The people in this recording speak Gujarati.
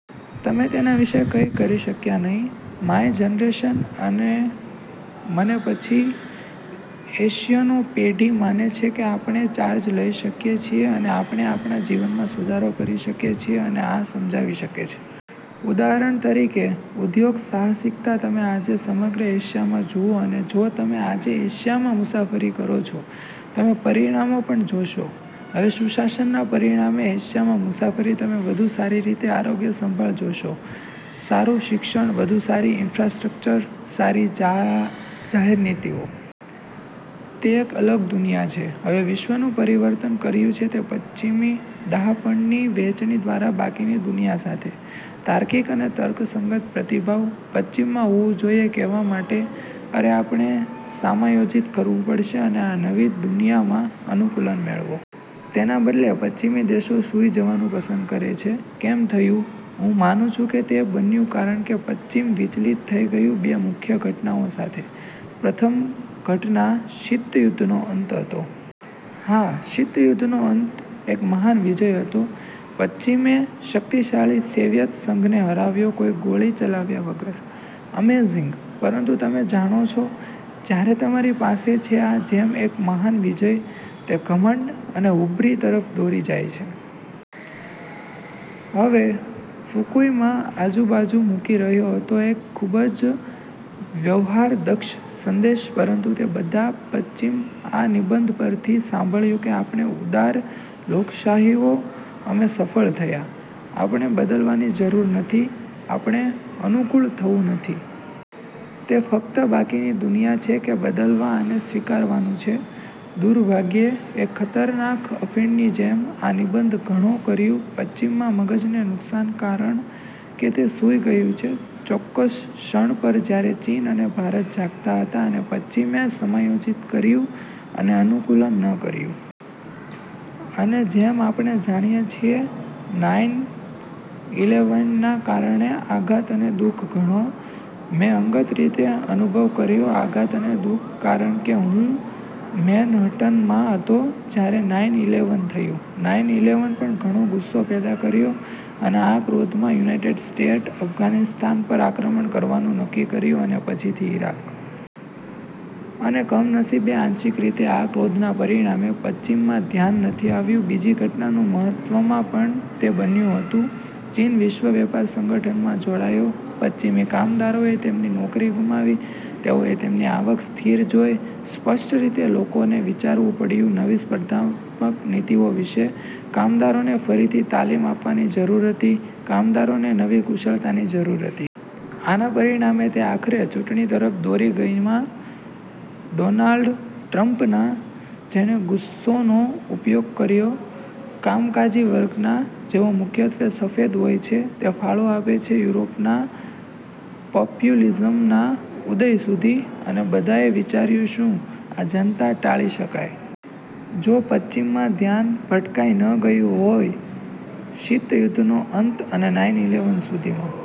તમે તેના વિશે કંઇ કરી શક્યા નહીં. માય જનરેશન અને મને પછી એશિયનો પેઢી માને છે કે આપણે ચાર્જ લઈ શકીએ છીએ અને આપણે આપણા જીવનમાં સુધારો કરી શકીએ છીએ અને આ સમજાવી શકે છે. ઉદાહરણ તરીકે, ઉદ્યોગ સાહસિકતા તમે આજે સમગ્ર એશિયામાં જુઓ અને જો તમે આજે એશિયામાં મુસાફરી કરો છો, તમે પરિણામો પણ જોશો. હવે સુશાસનના પરિણામે એશિયામાં મુસાફરી તમે વધુ સારી રીતે આરોગ્ય સંભાળ જોશો, સારું શિક્ષણ, વધુ સારી ઈન્ફ્રાસ્ટ્રક્ચર, સારી જા જાહેર નીતિઓ. તે એક અલગ દુનિયા છે. હવે વિશ્વનું પરિવર્તન કર્યું છે તે પશ્ચિમી ડહાપણની વહેંચણી દ્વારા બાકીની દુનિયા સાથે. તાર્કિક અને તર્કસંગત પ્રતિભાવ પશ્ચિમમાં હોવું જોઈએ કહેવા માટે, "અરે, આપણે સમાયોજિત કરવું પડશે અને આ નવી દુનિયામાં અનુકૂલન મેળવો." તેના બદલે, પશ્ચિમી દેશો સૂઈ જવાનું પસંદ કરે છે. કેમ થયું? હું માનું છું કે તે બન્યું કારણ કે પશ્ચિમ વિચલિત થઈ ગયું બે મુખ્ય ઘટનાઓ સાથે. પ્રથમ ઘટના શીત યુદ્ધનો અંત હતો. હા, શીત યુદ્ધનો અંત એક મહાન વિજય હતો. પશ્ચિમે શકિતશાળી સેવિયત સંઘને હરાવ્યો કોઈ ગોળી ચલાવ્યા વગર. અમેઝિંગ! પરંતુ તમે જાણો છો, જ્યારે તમારી પાસે છે આ જેમ એક મહાન વિજય, તે ઘમંડ અને હુબ્રી તરફ દોરી જાય છે? હવે, ફુકુયમા આજુબાજુ મૂકી રહ્યો હતો એક ખૂબ જ વ્યવહારદક્ષ સંદેશ પરંતુ તે બધાં પશ્ચિમ આ નિબંધ પરથી સાંભળ્યું કે આપણે ઉદાર લોકશાહીઓ અમે સફળ થયા, આપણે બદલવાની જરૂર નથી, આપણે અનુકૂળ થવું નથી. તે ફક્ત બાકીની દુનિયા છે કે બદલવા અને સ્વીકારવાનું છે. દુર્ભાગ્યે, એક ખતરનાક અફીણની જેમ આ નિબંધ ઘણો કર્યું પશ્ચિમમાં મગજને નુકસાન કારણ કે તે સૂઈ ગયું છે ચોક્કસ ક્ષણ પર જ્યારે ચીન અને ભારત જાગતા હતા અને પશ્ચિમે સમાયોજિત કર્યું અને અનુકૂલન ન કર્યું. અને જેમ આપણે જાણીએ છીએ નાઈન ઈલેવેનના કારણે આઘાત અને દુઃખ ઘણો. મેં અંગત રીતે અનુભવ કર્યો આઘાત અને દુઃખ કારણ કે હું મેનહટનમાં હતો જ્યારે નાઈન ઈલેવન થયું. નાઈન ઈલેવન પણ ઘણો ગુસ્સો પેદા કર્યો અને આ ક્રોધમાં યુનાઇટેડ સ્ટેટ્સ અફઘાનિસ્તાન પર આક્રમણ કરવાનું નક્કી કર્યું અને પછીથી ઇરાક. અને કમનસીબે આંશિક રીતે આ ક્રોધના પરિણામે, પશ્ચિમમાં ધ્યાન નથી આવ્યું બીજી ઘટનાનું મહત્વમાં પણ તે બન્યું હતું. ચીન વિશ્વ વેપાર સંગઠનમાં જોડાયો. પશ્ચિમી કામદારોએ તેમની નોકરી ગુમાવી. તેઓએ તેમની આવક સ્થિર જોઈ, સ્પષ્ટ રીતે લોકોને વિચારવું પડ્યું નવી સ્પર્ધાત્મક નીતિઓ વિશે, કામદારોને ફરીથી તાલીમ આપવાની જરૂર હતી, કામદારોને નવી કુશળતાની જરૂર હતી. આના પરિણામે, તે આખરે ચૂંટણી તરફ દોરી ગઈમાં ડોનાલ્ડ ટ્રમ્પના, જેણે ગુસ્સોનો ઉપયોગ કર્યો કામકાજી વર્ગના, જેઓ મુખ્યત્વે સફેદ હોય છે. તે ફાળો આપે છે યુરોપનાં પપ્યુલીઝમના ઉદય સુધી. અને બધાએ વિચાર્યું શું આ જનતા ટાળી શકાય? જો પશ્ચિમમાં ધ્યાન ભટકાઈ ન ગયું હોય શીત યુદ્ધનો અંત અને નાઈન ઈલેવન સુધીમાં?